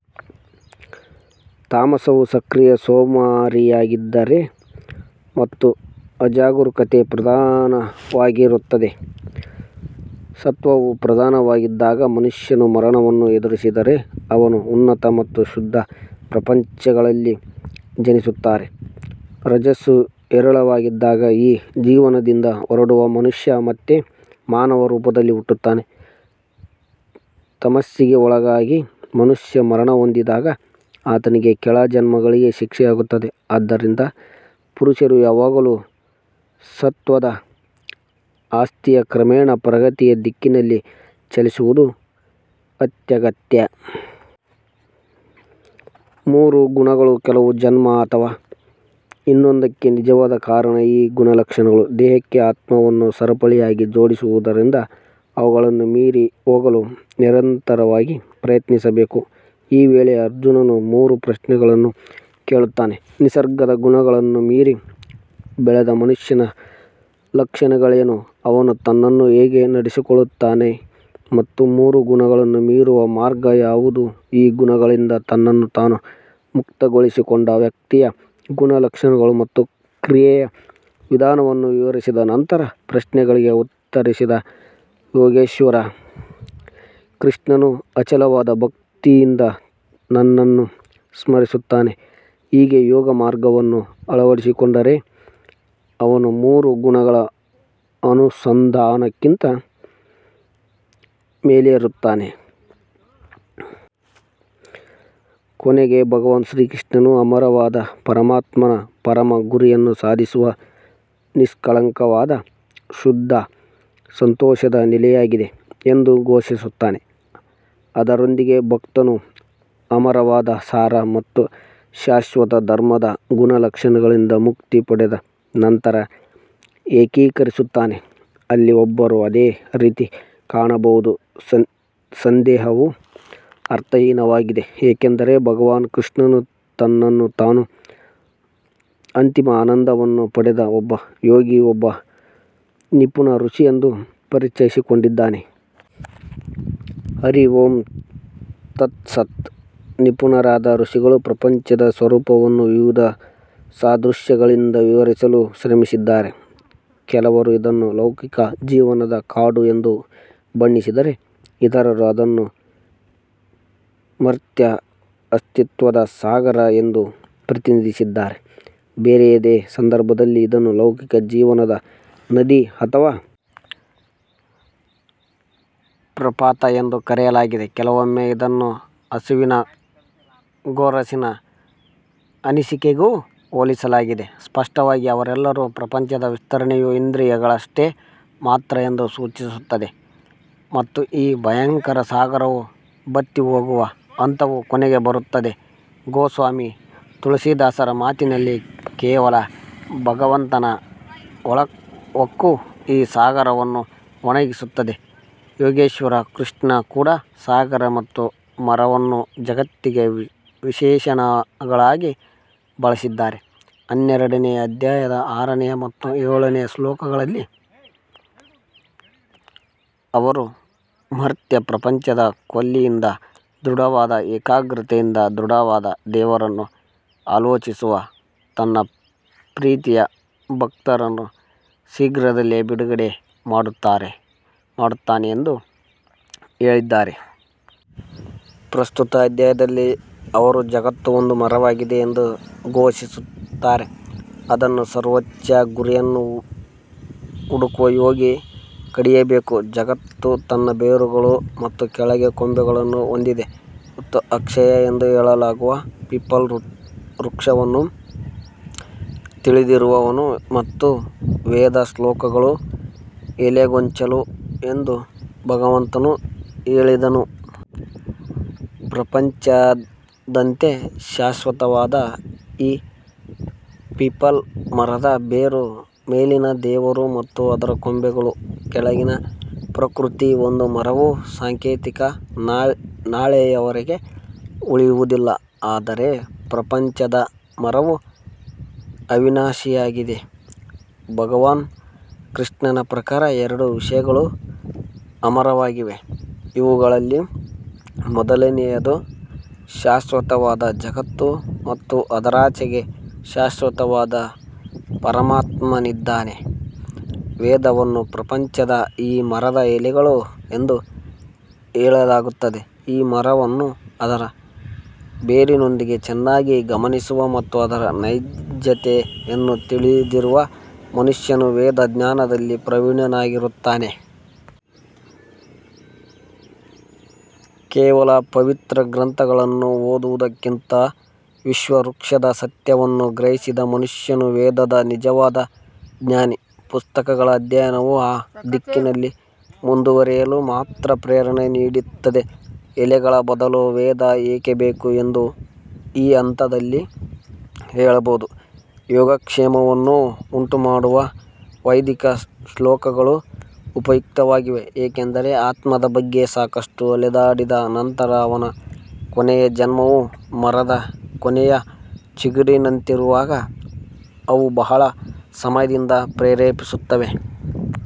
ತಾಮಸವು ಸಕ್ರಿಯ ಸೋಮಾರಿಯಾಗಿದ್ದರೆ ಮತ್ತು ಅಜಾಗರೂಕತೆ ಪ್ರಧಾನವಾಗಿರುತ್ತದೆ ಸತ್ವವು ಪ್ರಧಾನವಾಗಿದ್ದಾಗ ಮನುಷ್ಯನು ಮರಣವನ್ನು ಎದುರಿಸಿದರೆ ಅವನು ಉನ್ನತ ಮತ್ತು ಶುದ್ಧ ಪ್ರಪಂಚಗಳಲ್ಲಿ ಜನಿಸುತ್ತಾನೆ ರಜಸ್ಸು ಹೇರಳವಾಗಿದ್ದಾಗ ಈ ಜೀವನದಿಂದ ಹೊರಡುವ ಮನುಷ್ಯ ಮತ್ತೆ ಮಾನವ ರೂಪದಲ್ಲಿ ಹುಟ್ಟುತ್ತಾನೆ. ತಮಸ್ಸಿಗೆ ಒಳಗಾಗಿ ಮನುಷ್ಯ ಮರಣಹೊಂದಿದಾಗ ಆತನಿಗೆ ಕೆಳ ಜನ್ಮಗಳಿಗೆ ಶಿಕ್ಷೆಯಾಗುತ್ತದೆ ಆದ್ದರಿಂದ ಪುರುಷರು ಯಾವಾಗಲೂ ಸತ್ತ್ವದ ಆಸ್ತಿಯ ಕ್ರಮೇಣ ಪ್ರಗತಿಯ ದಿಕ್ಕಿನಲ್ಲಿ ಚಲಿಸುವುದು ಅತ್ಯಗತ್ಯ. ಮೂರು ಗುಣಗಳು ಕೆಲವು ಜನ್ಮ ಅಥವಾ ಇನ್ನೊಂದಕ್ಕೆ ನಿಜವಾದ ಕಾರಣ ಈ ಗುಣಲಕ್ಷಣಗಳು ದೇಹಕ್ಕೆ ಆತ್ಮವನ್ನು ಸರಪಳಿಯಾಗಿ ಜೋಡಿಸುವುದರಿಂದ ಅವುಗಳನ್ನು ಮೀರಿ ಹೋಗಲು ನಿರಂತರವಾಗಿ ಪ್ರಯತ್ನಿಸಬೇಕು ಈ ವೇಳೆ ಅರ್ಜುನನು ಮೂರು ಪ್ರಶ್ನೆಗಳನ್ನು ಕೇಳುತ್ತಾನೆ ನಿಸರ್ಗದ ಗುಣಗಳನ್ನು ಮೀರಿ ಬೆಳೆದ ಮನುಷ್ಯನ ಲಕ್ಷಣಗಳೇನು ಅವನು ತನ್ನನ್ನು ಹೇಗೆ ನಡೆಸಿಕೊಳ್ಳುತ್ತಾನೆ ಮತ್ತು ಮೂರು ಗುಣಗಳನ್ನು ಮೀರುವ ಮಾರ್ಗ ಯಾವುದು ಈ ಗುಣಗಳಿಂದ ತನ್ನನ್ನು ತಾನು ಮುಕ್ತಗೊಳಿಸಿಕೊಂಡ ವ್ಯಕ್ತಿಯ ಗುಣಲಕ್ಷಣಗಳು ಮತ್ತು ಕ್ರಿಯೆಯ ವಿಧಾನವನ್ನು ವಿವರಿಸಿದ ನಂತರ ಪ್ರಶ್ನೆಗಳಿಗೆ ಉತ್ತರಿಸಿದ ಯೋಗೇಶ್ವರ ಕೃಷ್ಣನು ಅಚಲವಾದ ಭಕ್ತಿಯಿಂದ ನನ್ನನ್ನು ಸ್ಮರಿಸುತ್ತಾನೆ ಹೀಗೆ ಯೋಗಮಾರ್ಗವನ್ನು ಅಳವಡಿಸಿಕೊಂಡರೆ ಅವನು ಮೂರು ಗುಣಗಳ ಅನುಸಂಧಾನಕ್ಕಿಂತ ಮೇಲೇರುತ್ತಾನೆ. ಕೊನೆಗೆ ಭಗವಾನ್ ಶ್ರೀಕೃಷ್ಣನು ಅಮರವಾದ ಪರಮಾತ್ಮನ ಪರಮ ಗುರಿಯನ್ನು ಸಾಧಿಸುವ ನಿಷ್ಕಳಂಕವಾದ ಶುದ್ಧ ಸಂತೋಷದ ನೆಲೆಯಾಗಿದೆ ಎಂದು ಘೋಷಿಸುತ್ತಾನೆ ಅದರೊಂದಿಗೆ ಭಕ್ತನು ಅಮರವಾದ ಸಾರ ಮತ್ತು ಶಾಶ್ವತ ಧರ್ಮದ ಗುಣಲಕ್ಷಣಗಳಿಂದ ಮುಕ್ತಿ ಪಡೆದ ನಂತರ ಏಕೀಕರಿಸುತ್ತಾನೆ. ಅಲ್ಲಿ ಒಬ್ಬರು ಅದೇ ರೀತಿ ಕಾಣಬಹುದು ಸಂದೇಹವು ಅರ್ಥಹೀನವಾಗಿದೆ ಏಕೆಂದರೆ ಭಗವಾನ್ ಕೃಷ್ಣನು ತನ್ನನ್ನು ತಾನು ಅಂತಿಮ ಆನಂದವನ್ನು ಪಡೆದ ಒಬ್ಬ ಯೋಗಿ ಒಬ್ಬ ನಿಪುಣ ಋಷಿ ಎಂದು ಪರಿಚಯಿಸಿಕೊಂಡಿದ್ದಾನೆ. ಹರಿ ಓಂ ತತ್ ಸತ್. ನಿಪುಣರಾದ ಋಷಿಗಳು ಪ್ರಪಂಚದ ಸ್ವರೂಪವನ್ನು ವಿವಿಧ ಸಾದೃಶ್ಯಗಳಿಂದ ವಿವರಿಸಲು ಶ್ರಮಿಸಿದ್ದಾರೆ ಕೆಲವರು ಇದನ್ನು ಲೌಕಿಕ ಜೀವನದ ಕಾಡು ಎಂದು ಬಣ್ಣಿಸಿದರೆ ಇತರರು ಅದನ್ನು ಮರ್ತ್ಯ ಅಸ್ತಿತ್ವದ ಸಾಗರ ಎಂದು ಪ್ರತಿನಿಧಿಸಿದ್ದಾರೆ ಬೇರೆಯದೇ ಸಂದರ್ಭದಲ್ಲಿ ಇದನ್ನು ಲೌಕಿಕ ಜೀವನದ ನದಿ ಅಥವಾ ಪ್ರಪಾತ ಎಂದು ಕರೆಯಲಾಗಿದೆ ಕೆಲವೊಮ್ಮೆ ಇದನ್ನು ಹಸುವಿನ ಗೊರಸಿನ ಅನಿಸಿಕೆಗೂ ಹೋಲಿಸಲಾಗಿದೆ ಸ್ಪಷ್ಟವಾಗಿ ಅವರೆಲ್ಲರೂ ಪ್ರಪಂಚದ ವಿಸ್ತರಣೆಯು ಇಂದ್ರಿಯಗಳಷ್ಟೇ ಮಾತ್ರ ಎಂದು ಸೂಚಿಸುತ್ತದೆ ಮತ್ತು ಈ ಭಯಂಕರ ಸಾಗರವೂ ಬತ್ತಿಹೋಗುವ ಹಂತವು ಕೊನೆಗೆ ಬರುತ್ತದೆ ಗೋಸ್ವಾಮಿ ತುಳಸಿದಾಸರ ಮಾತಿನಲ್ಲಿ ಕೇವಲ ಭಗವಂತನ ಒಳಹೊಕ್ಕು ಈ ಸಾಗರವನ್ನು ಒಣಗಿಸುತ್ತದೆ ಯೋಗೇಶ್ವರ ಕೃಷ್ಣ ಕೂಡ ಸಾಗರ ಮತ್ತು ಮರವನ್ನು ಜಗತ್ತಿಗೆ ವಿಶೇಷಣಗಳಾಗಿ ಬಳಸಿದ್ದಾರೆ ಹನ್ನೆರಡನೆಯ ಅಧ್ಯಾಯದ ಆರನೇ ಮತ್ತು ಏಳನೇ ಶ್ಲೋಕಗಳಲ್ಲಿ ಅವರು ಮರ್ತ್ಯ ಪ್ರಪಂಚದ ಕೊಲ್ಲಿಯಿಂದ ದೃಢವಾದ ಏಕಾಗ್ರತೆಯಿಂದ ದೃಢವಾದ ದೇವರನ್ನು ಆಲೋಚಿಸುವ ತನ್ನ ಪ್ರೀತಿಯ ಭಕ್ತರನ್ನು ಶೀಘ್ರದಲ್ಲೇ ಬಿಡುಗಡೆ ಮಾಡುತ್ತಾನೆ ಎಂದು ಹೇಳಿದ್ದಾರೆ. ಪ್ರಸ್ತುತ ಅಧ್ಯಾಯದಲ್ಲಿ ಅವರು ಜಗತ್ತು ಒಂದು ಮರವಾಗಿದೆ ಎಂದು ಘೋಷಿಸುತ್ತಾರೆ ಅದನ್ನು ಸರ್ವೋಚ್ಚ ಗುರಿಯನ್ನು ಹುಡುಕುವ ಯೋಗಿ ಕಡಿಯಬೇಕು. ಜಗತ್ತು ತನ್ನ ಬೇರುಗಳು ಮತ್ತು ಕೆಳಗೆ ಕೊಂಬೆಗಳನ್ನು ಹೊಂದಿದೆ ಮತ್ತು ಅಕ್ಷಯ ಎಂದು ಹೇಳಲಾಗುವ ಪೀಪಲ್ ವೃಕ್ಷವನ್ನು ತಿಳಿದಿರುವವನು ಮತ್ತು ವೇದ ಶ್ಲೋಕಗಳು ಎಲೆಗೊಂಚಲು ಎಂದು ಭಗವಂತನು ಹೇಳಿದನು. ಪ್ರಪಂಚದಂತೆ ಶಾಶ್ವತವಾದ ಈ ಪೀಪಲ್ ಮರದ ಬೇರು ಮೇಲಿನ ದೇವರು ಮತ್ತು ಅದರ ಕೊಂಬೆಗಳು ಕೆಳಗಿನ ಪ್ರಕೃತಿ ಒಂದು ಮರವು ಸಾಂಕೇತಿಕ ನಾಳೆಯವರೆಗೆ ಉಳಿಯುವುದಿಲ್ಲ ಆದರೆ ಪ್ರಪಂಚದ ಮರವು ಅವಿನಾಶಿಯಾಗಿದೆ ಭಗವಾನ್ ಕೃಷ್ಣನ ಪ್ರಕಾರ ಎರಡು ವಿಷಯಗಳು ಅಮರವಾಗಿವೆ ಇವುಗಳಲ್ಲಿ ಮೊದಲನೆಯದು ಶಾಶ್ವತವಾದ ಜಗತ್ತು ಮತ್ತು ಅದರಾಚೆಗೆ ಶಾಶ್ವತವಾದ ಪರಮಾತ್ಮನಿದ್ದಾನೆ ವೇದವನ್ನು ಪ್ರಪಂಚದ ಈ ಮರದ ಎಲೆಗಳು ಎಂದು ಹೇಳಲಾಗುತ್ತದೆ ಈ ಮರವನ್ನು ಅದರ ಬೇರಿನೊಂದಿಗೆ ಚೆನ್ನಾಗಿ ಗಮನಿಸುವ ಮತ್ತು ಅದರ ನೈಜತೆಯನ್ನು ತಿಳಿದಿರುವ ಮನುಷ್ಯನು ವೇದ ಜ್ಞಾನದಲ್ಲಿ ಪ್ರವೀಣನಾಗಿರುತ್ತಾನೆ. ಕೇವಲ ಪವಿತ್ರ ಗ್ರಂಥಗಳನ್ನು ಓದುವುದಕ್ಕಿಂತ ವಿಶ್ವವೃಕ್ಷದ ಸತ್ಯವನ್ನು ಗ್ರಹಿಸಿದ ಮನುಷ್ಯನು ವೇದದ ನಿಜವಾದ ಜ್ಞಾನಿ. ಪುಸ್ತಕಗಳ ಅಧ್ಯಯನವು ಆ ದಿಕ್ಕಿನಲ್ಲಿ ಮುಂದುವರಿಯಲು ಮಾತ್ರ ಪ್ರೇರಣೆ ನೀಡುತ್ತದೆ ಎಲೆಗಳ ಬದಲು ವೇದ ಏಕೆ ಬೇಕು ಎಂದು ಈ ಹಂತದಲ್ಲಿ ಕೇಳಬಹುದು ಯೋಗಕ್ಷೇಮವನ್ನು ಉಂಟುಮಾಡುವ ವೈದಿಕ ಶ್ಲೋಕಗಳು ಉಪಯುಕ್ತವಾಗಿವೆ ಏಕೆಂದರೆ ಆತ್ಮದ ಬಗ್ಗೆ ಸಾಕಷ್ಟು ಅಲೆದಾಡಿದ ನಂತರ ಅವನ ಕೊನೆಯ ಜನ್ಮವು ಮರದ ಕೊನೆಯ ಚಿಗುರಿನಂತಿರುವಾಗ ಅವು ಬಹಳ ಸಮಯದಿಂದ ಪ್ರೇರೇಪಿಸುತ್ತವೆ.